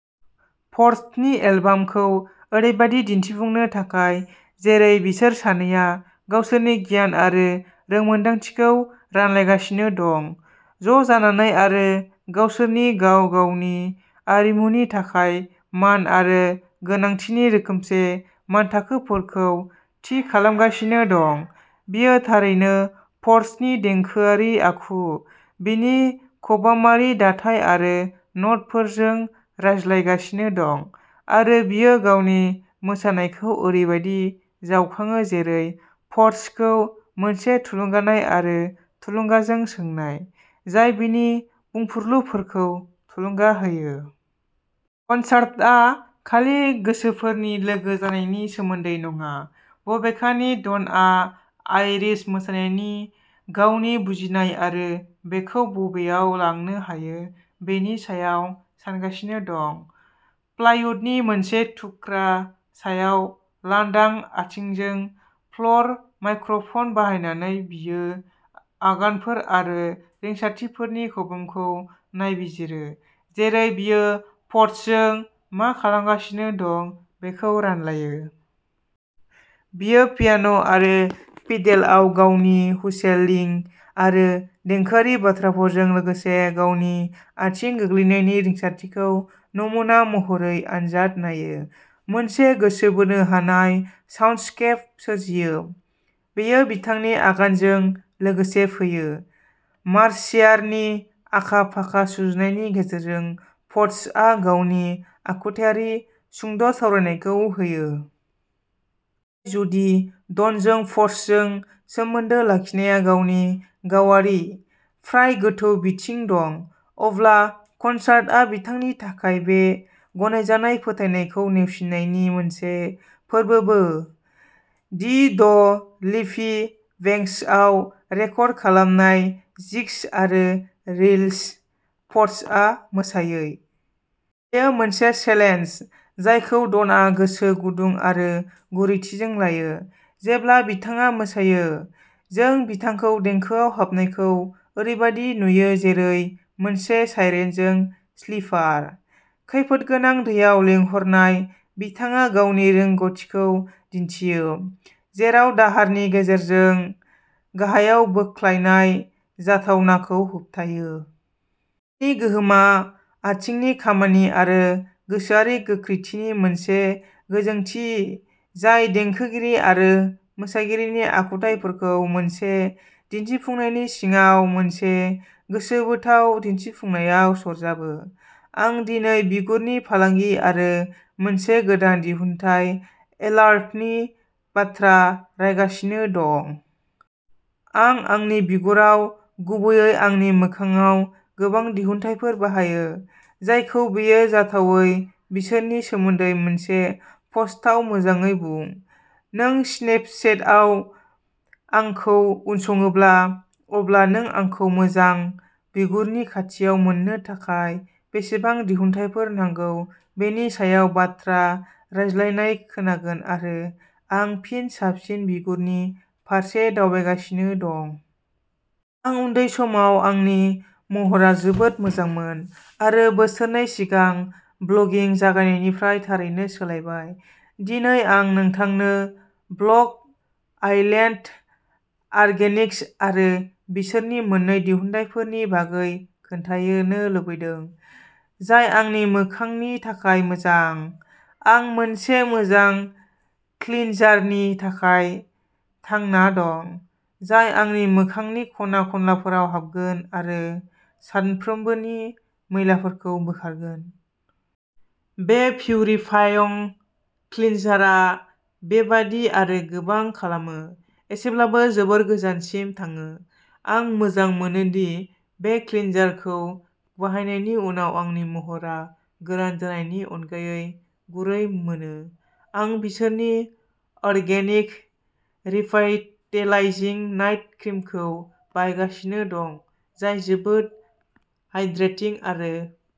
परटसनि एलबामखौ ओरैबायदि दिन्थिफुंनो थाखाय जेरै बिसोर सानैया गावसोरनि गियान आरो रोंमोनदांथिखौ रानलायगासिनो दं, ज'जानानै आरो गावसोरनि गाव-गावनि आरिमुनि थाखाय मान आरो गोनांथिनि रोखोमसे मानथाखोफोरखौ थि खालामगासिनो दं। बियो थारैनो परटसनि देंखोआरि आखु, बिनि खबामारि दाथाय आरो न'टफोरजों रायज्लायगासिनो दं, आरो बियो गावनि मोसानायखौ ओरैबायदि जावखाङो जेरै परटसखौ मोनसे थुलुंगानाय आरो थुलुंगाजों सोंनाय, जाय बिनि बुंफुरलुफोरखौ थुलुंगा होयो। कनसार्टआ खालि गोसोफोरनि लोगो जानायनि सोमोन्दै नङा, बबेखानि; डनआ आइरिश मोसानायनि गावनि बुजिनाय आरो बेखौ बबेयाव लांनो हायो बेनि सायाव सानगासिनो दं। प्लाइवुडनि मोनसे थुख्रा सायाव लांदां आथिंजों फ्ल'र माइक्र'फन बाहायनानै बियो आगानफोर आरो रिंसारथिफोरनि खबामखौ नायबिजिरो जेरै बियो पटसजों मा खालामगासिनो दं बेखौ रानलायनो। बियो पियान'आरो फिडेलाव गावनि हुइसेलिं आरो देंखोआरि बाथ्राफोरजों लोगोसे गावनि आथिं गोग्लैनायनि रिंसारथिखौ नमुना महरै आनजाद नायो, मोनसे गोसो बोनो हानाय साउन्डस्केप सोरजियो। बेयो बिथांनि आगानजों लोगोसे फैयो। मार्सियारनि आखा-फाखा सुजुनायनि गेजेरजों, पटसआ गावनि आखुथायारि सुंद'सावरायनायखौ होयो। जुदि डनजों पर्टसजों सोमोन्दो लाखिनाया गावनि गावारि, फ्राय गोथौ बिथिं दं, अब्ला कनसार्टआ बिथांनि थाखाय बे गनायजानाय फोथायनायखौ नेवसिनायनि मोनसे फोरबोबो दि द लिफी बेंक्सआव रेकर्ड खालामनाय जिग्स आरो रिल्स पटसआ मोसायै। यो मोनसे चेलेन्ज जायखौ डनआ गोसो गुदुं आरो गुरैथिजों लायो। जेब्ला बिथाङा मोसायो, जों बिथांखौ देंखोआव हाबनायखौ ओरैबायदि नुयो जेरै मोनसे साइरेनजों स्लिपार, खैफोदगोनां दैयाव लिंहरनाय; बिथाङा गावनि रोंग'थिखौ दिन्थियो, जेराव दाहारनि गेजेरजों गाहायाव बोख्लायनाय जाथावनाखौ होबथायो। नि गोहोमा आथिंनि खामानि आरो गोसोआरि गोख्रैथिनि मोनसे गोजोंथि जाय देंखोगिरि आरो मोसागिरिनि आखुथाइफोरखौ मोनसे दिन्थिफुंनायनि सिङाव मोनसे गोसोबोथाव दिन्थिफुंनायाव सरजाबो। आं दिनै बिगुरनि फालांगि आरो मोनसे गोदान दिहुनथाय एलार्टनि बाथ्रा रायगासिनो दं। आं आंनि बिगुराव, गुबैयै आंनि मोखांआव गोबां दिहुनथायफोर बाहायो, जायखौ बेयो जाथावै। बिसोरनि सोमोन्दै मोनसे पस्टआव मोजाङै बुं। नों स्नेपचेटआव आंखौ उनसङोब्ला, अब्ला नों आंखौ मोजां बिगुरनि खाथियाव मोन्नो थाखाय बेसेबां दिहुनथायफोर नांगौ बेनि सायाव बाथ्रा रायज्लायनाय खोनागोन आरो, आं फिन साबसिन बिगुरनि फारसे दावबायगासिनो दं। आं उन्दै समाव आंनि महरा जोबोद मोजांमोन आरो बोसोरनै सिगां ब्लगिं जागायनायनिफ्राय थारैनो सोलायबाय। दिनै आं नोंथांनो ब्लक आइलेन्ड अर्गेनिक्स आरो बिसोरनि मोन्नै दिहुनथायफोरनि बागै खोन्थायैनो लुबैदों जाय आंनि मोखांनि थाखाय मोजां। आं मोनसे मोजां क्लिनजारनि थाखाय थांना दं जाय आंनि मोखांनि खना-खनलाफोराव हाबगोन आरो सानफ्रोमबोनि मैलाफोरखौ बोखारगोन। बे पिउरिफाइं क्लिनजारआ बेबादि आरो गोबां खालामो। एसेब्लाबो जोबोद गोजानसिम थाङो। आं मोजां मोनो दि बे क्लिनजारखौ बाहायनायनि उनाव आंनि महरा गोरान जानायनि अनगायै गुरै मोनो। आं बिसोरनि अर्गेनिक रिभाइटेलाइजिं नाइट क्रिमखौ बाहायगासिनो दं जाय जोबोद हाइड्रेटिं आरो